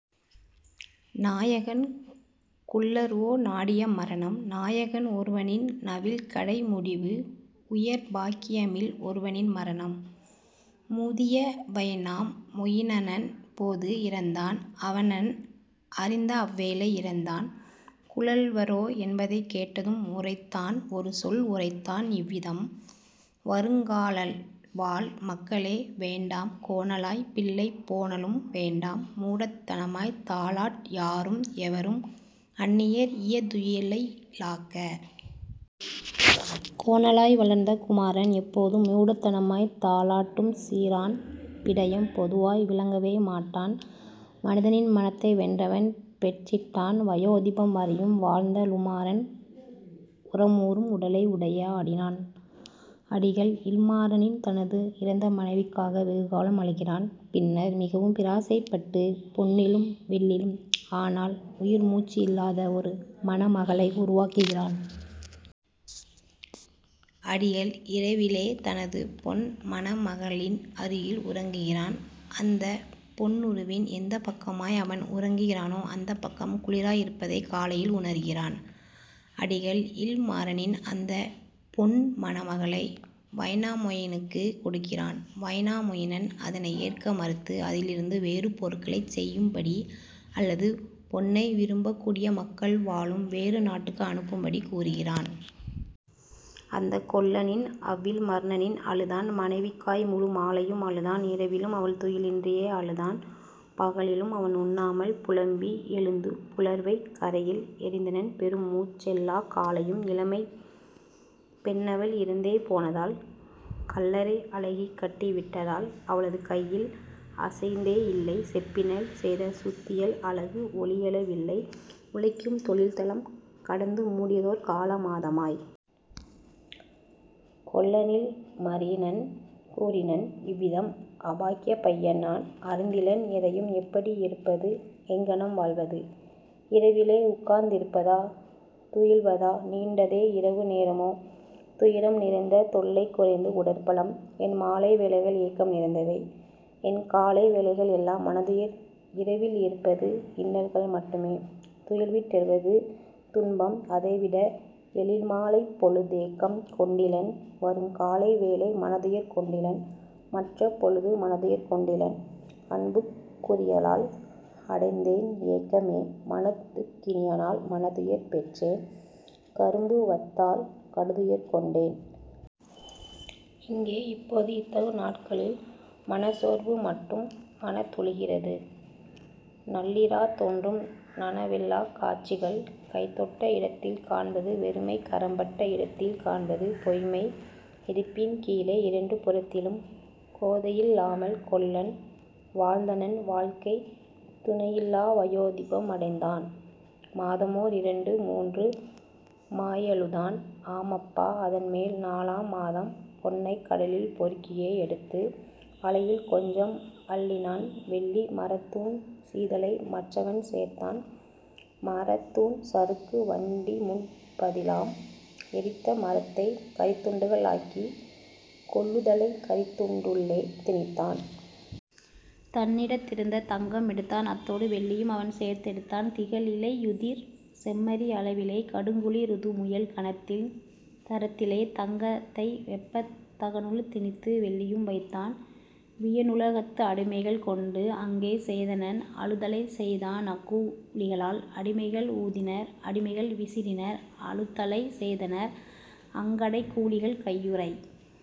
நாயகன் குல்லர்வோ நாடிய மரணம் நாயகன் ஒருவனின் நவில்கடை முடிவு உயர்பாக் கியமில் ஒருவனின் மரணம். முதிய வைனா மொயினனப் போது இறந்தான் அவனென அறிந்தஅவ் வேளை இறந்தான் குல்லர்வோ என்பதைக் கேட்டதும் உரைத்தான் ஒருசொல் உரைத்தான் இவ்விதம்: "வருங்கா லம்வாழ் மக்களே வேண்டாம் கோணலாய்ப் பிள்ளையை பேணலும் வேண்டாம் மூடத் தனமாய்த் தாலாட் யாரும் எவரும் அந்நியர் இயைதுயி லாக்க! கோணலாய் வளர்த்த குமாரன் எப்போதும் மூடத் தனமாய்த் தாலாட் டும்சிறான் விடயம் பொதுவாய் விளங்கவே மாட்டான் மனிதனின் மனதை மற்றவன் பெற்றிடான் வயோதிபம் வரையும் வாழ்ந்தா லுமவன் உரமுறும் உடலை உடைய னாயிடினும். " அடிகள்: இல்மரினன் தனது இறந்த மனைவிக்காக வெகுகாலம் அழுகிறான். பின்னர் மிகவும் பிரயாசைப்பட்டுப் பொன்னிலும் வெள்ளியிலும் ஆனால் உயிர் மூச்சு இல்லாத ஒரு மணமகளை உருவாக்குகிறான். அடிகள்: இரவிலே தனது பொன் மணமகளின் அருகில் உறங்குகிறான். அந்தப் பொன்னுருவின் எந்தப் பக்கமாய் அவன் உறங்குகிறானோ அந்தப் பக்கம் குளிராய் இருப்பதைக் காலையில் உணருகிறான். அடிகள்: இல்மரினன் அந்தப் பொன் மணமகளை வைனாமொயினனுக்குக் கொடுக்கிறான். வைனாமொயினன் அதனை ஏற்க மறுத்து, அதிலிருந்து வேறு பயனுள்ள பொருட்களைச் செய்யும்படி அல்லது பொன்னை விரும்பக்கூடிய மக்கள் வாழும் வேறு நாடுகளுக்கு அனுப்பும்படி கூறுகிறான். அந்தக் கொல்லன் அவ்வில் மரினன் அழுதான் மனைவிக் காய்முழு மாலையும் அழுதான் இரவிலும் அவன்துயி லின்றியே அழுதான் பகலிலும் அவனுண் ணாமல் புலம்பினன் எழுந்து புலர்வை கறையில் எறிந்தனன் பெருமூச் செல்லாக் காலையும் இளமைப் பெண்ணவள் இறந்தே போனதால் கல்லறை அழகியைக் கட்டி விட்டதால். அவனது கையில் அசைந்ததே யில்லை செப்பினில் செய்த சுத்தியல் அலகு, ஒலியெழ வில்லை உழைக்கும் தொழில்தலம் கடந்து முடிந்ததோர் கால மாதமாய். கொல்லன்இல் மரினன் கூறினன் இவ்விதம்: "அபாக்கியப் பையநான் அறிந்திலன் எதையும் எப்படி இருப்பது எங்ஙனம் வாழ்வது; இரவிலே உட்கார்ந் திருப்பதா துயில்வதா நீண்டதோ இரவு நேரமோ துயரம் நிறைந்தது தொல்லை குறைந்தது உடற்பலம். என்மாலை வேளைகள் ஏக்கம் நிறைந்தவை என்காலை வேளைகள் எல்லாம் மனத்துயர் இரவில் இருப்பது இன்னல் மட்டுமே துயில்விட் டெழுவது துன்பம் அதைவிட எழில்மா லைப்பொழு ஏக்கம் கொண்டிலன் வருகாலை வேளை மனத்துயர் கொண்டிலன் மற்றைய போதும் மனத்துயர் கொண்டிலன்; அன்புக் குரியளால் அடைந்தேன் ஏக்கமே மனதுக் கினியளால் மனத்துயர் பெற்றேன் கரும்புரு வத்தளால் கடுந்துயர் கொண்டுளேன். இங்கே இப்போ இத்தகு நாட்களில் மனச்சோர் மட்டும் மனத் தெழுகிறது நள்ளிராத் தோன்றும் நனவிலாக் காட்சிகள் கைதொட்ட இடத்தில் காண்பது வெறுமை கரம்பட்ட இடத்தில் காண்பது பொய்மை இடுப்பின் கீழே இரண்டு புறத்திலும். " கோதையில் லாமல் கொல்லன் வாழ்ந்தனன் வாழ்க்கைத் துணையிலா வயோதிப மடைந்தனன்; மாதமோர் இரண்டு மூன்றுமா யழுதான் ஆமப்பா, அதன்மேல் நாலாம் மாதம் பொன்னைக் கடலில் பொறுக்கியே யெடுத்தான் அலையில் கொஞ்சம் அள்ளினான் வெள்ளி; மரத்துண் சிலதை மற்றவன் சேர்த்தான் மரத்துண் சறுக்கு வண்டிமுப் பதிலாம்; எரித்து மரத்தைக் கரித்துண் டாக்கி கொல்லுலை கரித்துண் டுள்ளே திணித்தான். தன்னிடத் திருந்த தங்கம் எடுத்தான் அத்தொடு வெள்ளியும் அவன்தேர்ந் தெடுத்தான் திகழ்இலை யுதிர்ருதுச் செம்மறி அளவிலே கடுங்குளிர் ருதுமுயல் கனத்தின் தரத்திலே தங்கத்தை வெப்பத் ததனுள் திணித்து வெள்ளியும் வைத்தான் வியனுலைக் களத்துள் அடிமைகள் கொண்டு அங்கே செய்தனன் அழுத்தலைச் செய்தான் அக்கூ லிகளால். அடிமைகள் ஊதினர் அடிமைகள் விசிறினர் அழுத்தலைச் செய்தனர் அங்கடை கூலிகள் கையுறை